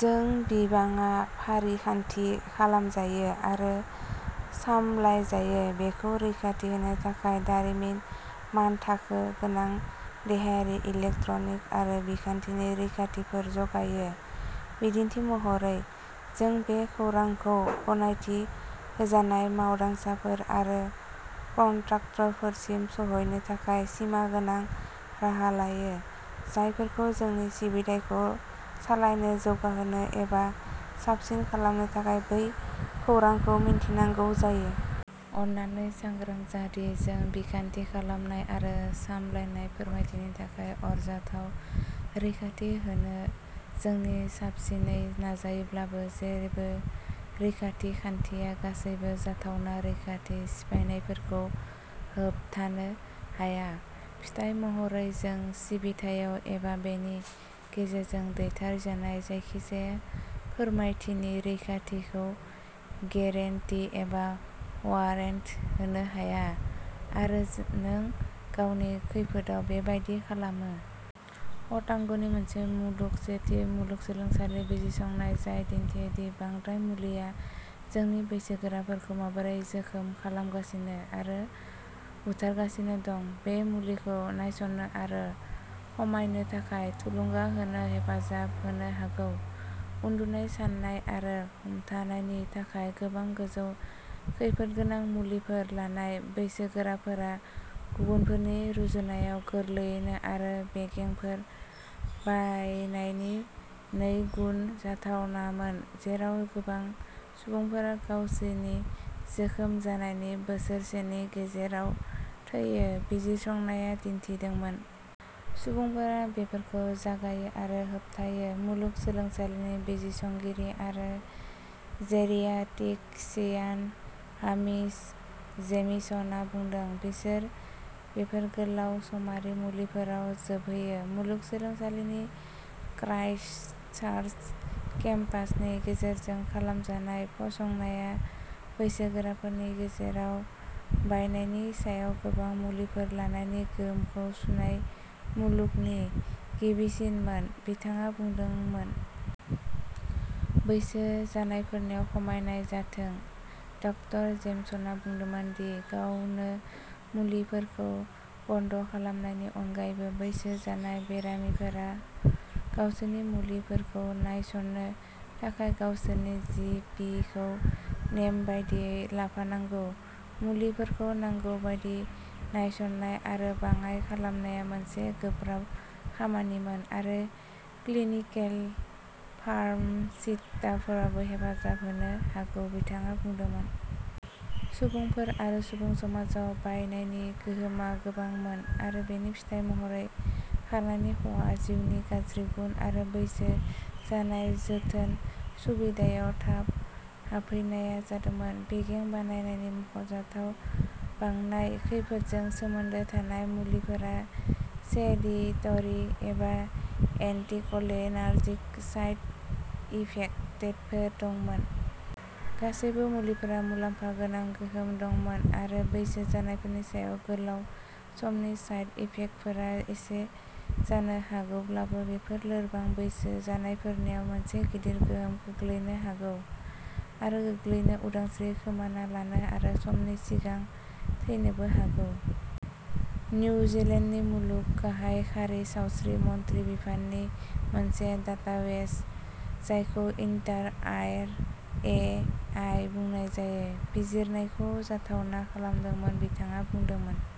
जों बिबाङा फारिखान्थि खालामजायो आरो सामलायजायो बेखौ रैखाथि होनो थाखाय दारिमिन मानथाखो गोनां देहायारि, इलेक्ट्रनिक आरो बिखान्थिनि रैखाथिफोर जगायो। बिदिन्थि महरै, जों बे खौरांखौ गनायथि होजानाय मावदांसाफोर आरो कन्ट्राक्टरफोरसिम सौहैनो थाखाय सिमा गोनां राहा लायो, जायफोरखौ जोंनि सिबिथाइखौ सालायनो, जौगाहोनो एबा साबसिन खालामनो थाखाय बै खौरांखौ मिथिनांगौ जायो। अन्नानै सांग्रां जा दि, जों बिखान्थि खालामनाय आरो सामलायनाय फोरमायथिनि थाखाय आरजाथाव रैखाथि होनो जोंनि साबसिनै नाजायोब्लाबो, जेबो रैखाथि खान्थिया गासैबो जाथावना रैखाथि सिफायनायफोरखौ होबथानो हाया। फिथाय महरै जों सिबिथायाव एबा बेनि गेजेरजों दैथायजानाय जायखिजाया फोरमायथिनि रैखाथिखौ गेरेन्टि एबा वारेन्ट होनो हाया आरो नों गावनि खैफोदआव बेबादि खालामो। अटाग'नि मोनसे मुलुग सेथि मुलुगसोलोंसालि बिजिरसंनाय, जाय दिन्थियो दि बांद्राय मुलिआ जोंनि बैसोगोराफोरखौ माबोरै जोखोम खालामगासिनो आरो बुथारगासिनो दं, बे मुलिखौ नायसंनो आरो खमायनो थाखाय थुलुंगा होनो हेफाजाब होनो हागौ। उन्दुनाय, सानाय आरो हमथानायनि थाखाय गोबां गोजौ खैफोदगोनां मुलिफोर लानाय बैसोगोराफोरा गुबुनफोरनि रुजुनायाव गोरलैयैनो आरो बेगेंफोर बायनायनि नैगुन जाथावनामोन, जेराव गोबां सुबुंफोरा गावसिनि जोखोम जानायनि बोसोरसेनि गेजेराव थैयो, बिजिरसंनाया दिन्थिदोंमोन। सुबुंफोरा बेफोरखौ जागायो आरो होबथायो, मुलुगसोलोंसालिनि बिजिरसंगिरि आरो जेरियाट्रिशियान हामिश जेमिसनआ बुंदोंमोन- "बिसोर बेफोर गोलाव-समारि मुलिफोराव जोबहैयो।" मुलुगसोलोंसालिनि क्राइस्टचार्च केम्पासनि गेजेरजों खालामजानाय फरायसंनाया, बैसोगोराफोरनि गेजेराव बायनायनि सायाव गोबां मुलिफोर लानायनि गोहोमखौ सुनाय मुलुगनि गिबिसिनमोन, बिथाङा बुंदोंमोन। बैसो जानायफोरनाव खमायनाय जाथों। डा. जेमिसनआ बुंदोंमोन दि गावनो मुलिफोरखौ बन्द खालामनायनि अनगायै, बैसो जानाय बेरामिफोरा गावसोरनि मुलिफोरखौ नायसंनो थाखाय गावसोरनि जि. पि. खौ नेमबादियै लाफानांगौ। मुलिफोरखौ नांगौ बायदि नायसंनाय आरो बाङाइ खालामनाया मोनसे "गोब्राब" खामानिमोन आरो क्लिनिकेल फार्मासिस्टफोराबो हेफाजाब होनो हागौ, बिथाङा बुंदोंमोन। सुबुंफोर आरो सुबुं समाजाव बायनायनि गोहोमआ गोबांमोन आरो बेनि फिथाय महरै खारनायनि खहा, जिउनि गाज्रि गुन, आरो बैसो जानाय जोथोन सुबिदायाव थाब हाबफैनाया जादोंमोन। बेगें बायनायनि मख'जाथाव बांनाय खैफोदजों सोमोन्दो थानाय मुलिफोरा "सेडेटरि" आरो "एन्टिकलिनार्जिक" साइड इफेक्टरफोर दंमोन। गासैबो मुलिफोरा "मुलाम्फा गोनां गोहोम" दंमोन आरो बैसो जानायफोरनि सायाव गोलाव समनि साइड इफेक्टफोरा एसे जानो हागौब्लाबो, बेफोर "लोरबां बैसो जानायफोरनाव मोनसे गिदिर गोहोम खोख्लैनो हागौ आरो गोग्लैनो, उदांस्रि खोमाना लानो आरो समनि सिगां थैनोबो हागौ।" निउजिलेन्डनि मुलुग गाहाय खारि, सावस्रि मन्थ्रि बिफाननि मोनसे डाटाबेस जायखौ इन्टार आर ए आइ बुंनाय जायो, बिजिरनायखौ जाथावना खालामदोंमोन, बिथाङा बुंदोंमोन।